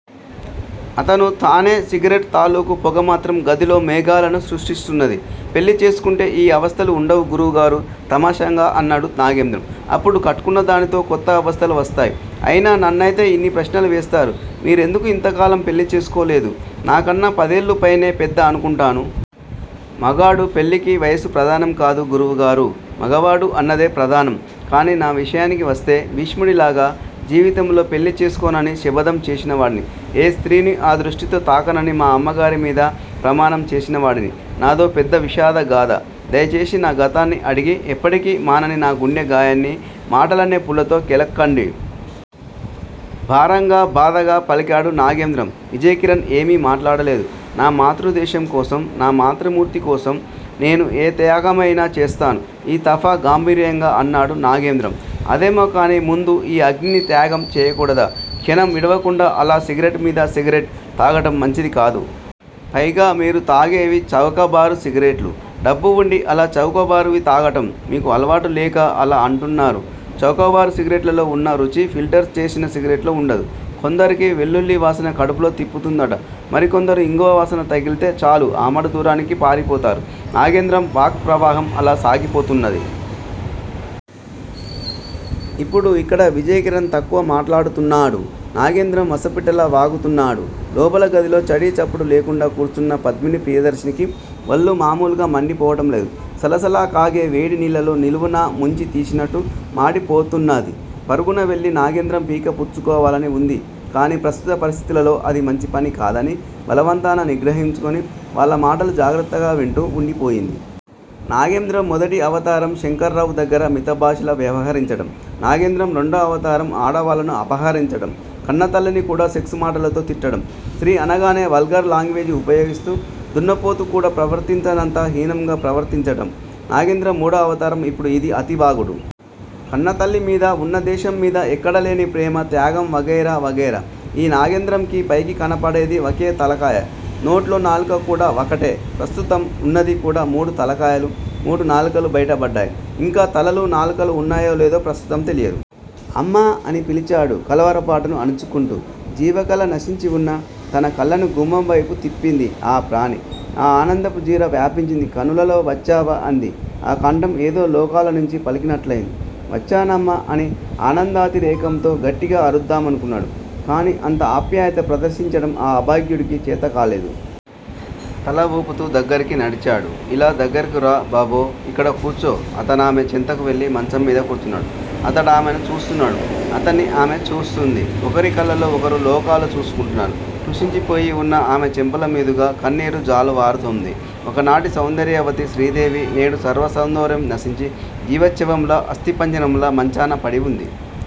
అతను తానే సిగరెట్ తాలూకు పొగమాత్రం గదిలో మేఘాలని సృష్టిస్తున్నది. పెళ్ళిచేసుకుంటే ఈ అవస్తలు వుండవు గురువుగారూ! తమాషాగా అన్నాడు నాగేంద్రం. అప్పుడు కట్టుకున్నదానితో కొత్త అవస్తలు వస్తాయి. అయినా నన్నయితే యిన్ని ప్రశ్నలు వేస్తారు. మీరెందుకు యింతకాలం పెళ్ళిచేసుకోలేదు? నాకన్నా పదేళ్ళు పైనే పెద్ద అనుకుంటాను? మగాడి పెళ్ళికి వయసు ప్రధానంకాదు గురువుగారూ! మగవాడు అన్నదే ప్రధానం. కాని నా విషయానికి వస్తే భీష్ముడిలాగా జీవితంలో పెళ్ళిచేసుకోనని శబధం చేసిన వాడిని. ఏ స్త్రీని ఆ దృష్టితో తాకనని మా అమ్మగారి మీద ప్రమాణం చేసినవాడిని నాదో పెద్ద విషాదగాధ. దయచేసి నా గతాన్ని అడిగి ఎప్పటికీ మానని నా గుండె గాయాన్ని మాటలనే పుల్లతో కెలక్కండి. భారంగా బాధగా పలికాడు నాగేంద్రం. విజయ్ కిరణ్ ఏమీ మాట్లాడలేదు. నా మాతృదేశంకోసం నా మాతృమూర్తి కోసం నేను ఏ త్యాగమయినా చేస్తాను. ఈతఫా గాంభీర్యంగా అన్నాడు నాగేంద్రం. అదేమోగాని ముందు ఈ అగ్నిని త్యాగం చేయకూడదా? క్షణం విడవకుండా అలా సిగరెట్ మీద సిగరెట్ తాగటం మంచిదికాదు. పైగా మీరు తాగేవి చవకబారు సిగరెట్లు. డబ్బు వుండి అలా చౌకబరువి తాగటం? మీకు అలవాటులేక అలా అంటున్నారు. చౌకబారు సిగరెట్లలో వున్న రుచి ఫిల్టర్ చేసిన సిగరెట్ లో వుండదు. కొందరికి వెల్లుల్లివాసన కడుపులో తిప్పుతుందట. మరికొందరు ఇంగువ వాసన తగిలితే చాలు ఆమడదూరానికి పారిపోతారు నాగేంద్రం వాక్ ప్రవాహం అలా సాగిపోతున్నది. ఇప్పుడు ఇక్కడ విజయ్ కిరణ్ తక్కువ మాట్లాడుతున్నాడు. నాగేంద్రం వసపిట్టలా వాగుతున్నాడు. లోపల గదిలో చడీచప్పుడు లేకుండా కూర్చున్న పద్మినిప్రియదర్శినికి వళ్ళు మామూలుగా మండిపోవటం లేదు. సలసలకాగే వేడి నీళ్ళలో నిలువునా ముంచి తీసినట్లు మాడిపోతున్నది. పరుగునవెళ్ళి నాగేంద్రం పీక పుచ్చుకోవాలని వుందిగాని ప్రస్తుత పరిస్థితులలో అది మంచిపని కాదని బలవంతాన నిగ్రహించుకుని వాళ్ళ మాటలు జాగ్రత్తగా వింటూ వుండిపోయింది. నాగేంద్రం మొదటి అవతారం శంకర్రావు దగ్గర మితభాషిలా వ్యవహరించటం. నాగేంద్రం రెండో అవతారం ఆడవాళ్ళని అపహరించటం. కన్నతల్లిని కూడా సెక్స్ మాటలతో తిట్టటం. స్త్రీ అనగానే వల్గర్ లాంగ్వేజి వుపయోగిస్తూ దున్నపోతు కూడా ప్రవర్తించనంత హీనంగా ప్రవర్తించటం. నాగేంద్రం మూడో అవతారం ఇప్పుడు యిది. అతివాగుడు. కన్నతల్లి మీద, ఉన్న దేశం మీద ఎక్కడలేని ప్రేమ త్యాగం వగైరా వగైరా. ఈ నాగేంద్రంకి పైకి కనబడేది వకేతలకాయ. నోట్లో నాలుక కూడా వకటే. ప్రస్తుతం వున్నది గాక మూడు తలకాయలు, మూడు నాలుకలు బైటపడ్డాయి. ఇంకా తలలు నాలుకలు వున్నాయో లేదో ప్రస్తుతం తెలియదు. అమ్మా! అని పిలిచాడు కలవరపాటును అణుచుకుంటూ. జీవకళ నశించివున్న తనకళ్ళను గుమ్మంవైపు త్రిప్పింది ఆ ప్రాణి. ఓ ఆనందపు జీర వ్యాపించింది కనులలో. వచ్చావా? అంది. ఆ కంఠం ఏదో లోకాలనుంచి పలికినట్లయింది. వచ్చానమ్మా అని ఆనందాతిరేకంతో గట్టిగా అరుద్దామనుకున్నాడు. కాని అంత ఆప్యాయత ప్రదర్శించటం ఆ అభాగ్యుడికి చేతకాలేదు. తల ఊపుతూ దగ్గరకు నడిచాడు. ఇలా దగ్గరకు రా బబో ఇక్కడ కూర్చో. అతనామె చెంతకు వెళ్ళి మంచంమీద కూర్చున్నాడు. అతడామెను చూస్తున్నాడు. అతన్ని ఆమె చూస్తోంది. ఒకరికళ్ళతో ఒకరు లోకాలు చూసుకుంటున్నారు. కృశించిపోయివున్న ఆమె చెంపలమీదుగా కన్నీరు జాలువారుతోంది. ఒకనాటి సౌందర్యవతి శ్రీదేవి- నేడు సర్వ సౌందర్యం నశించి, జీవచ్చవంలా, అస్థిపంజరంలా మంచాన పడివుంది.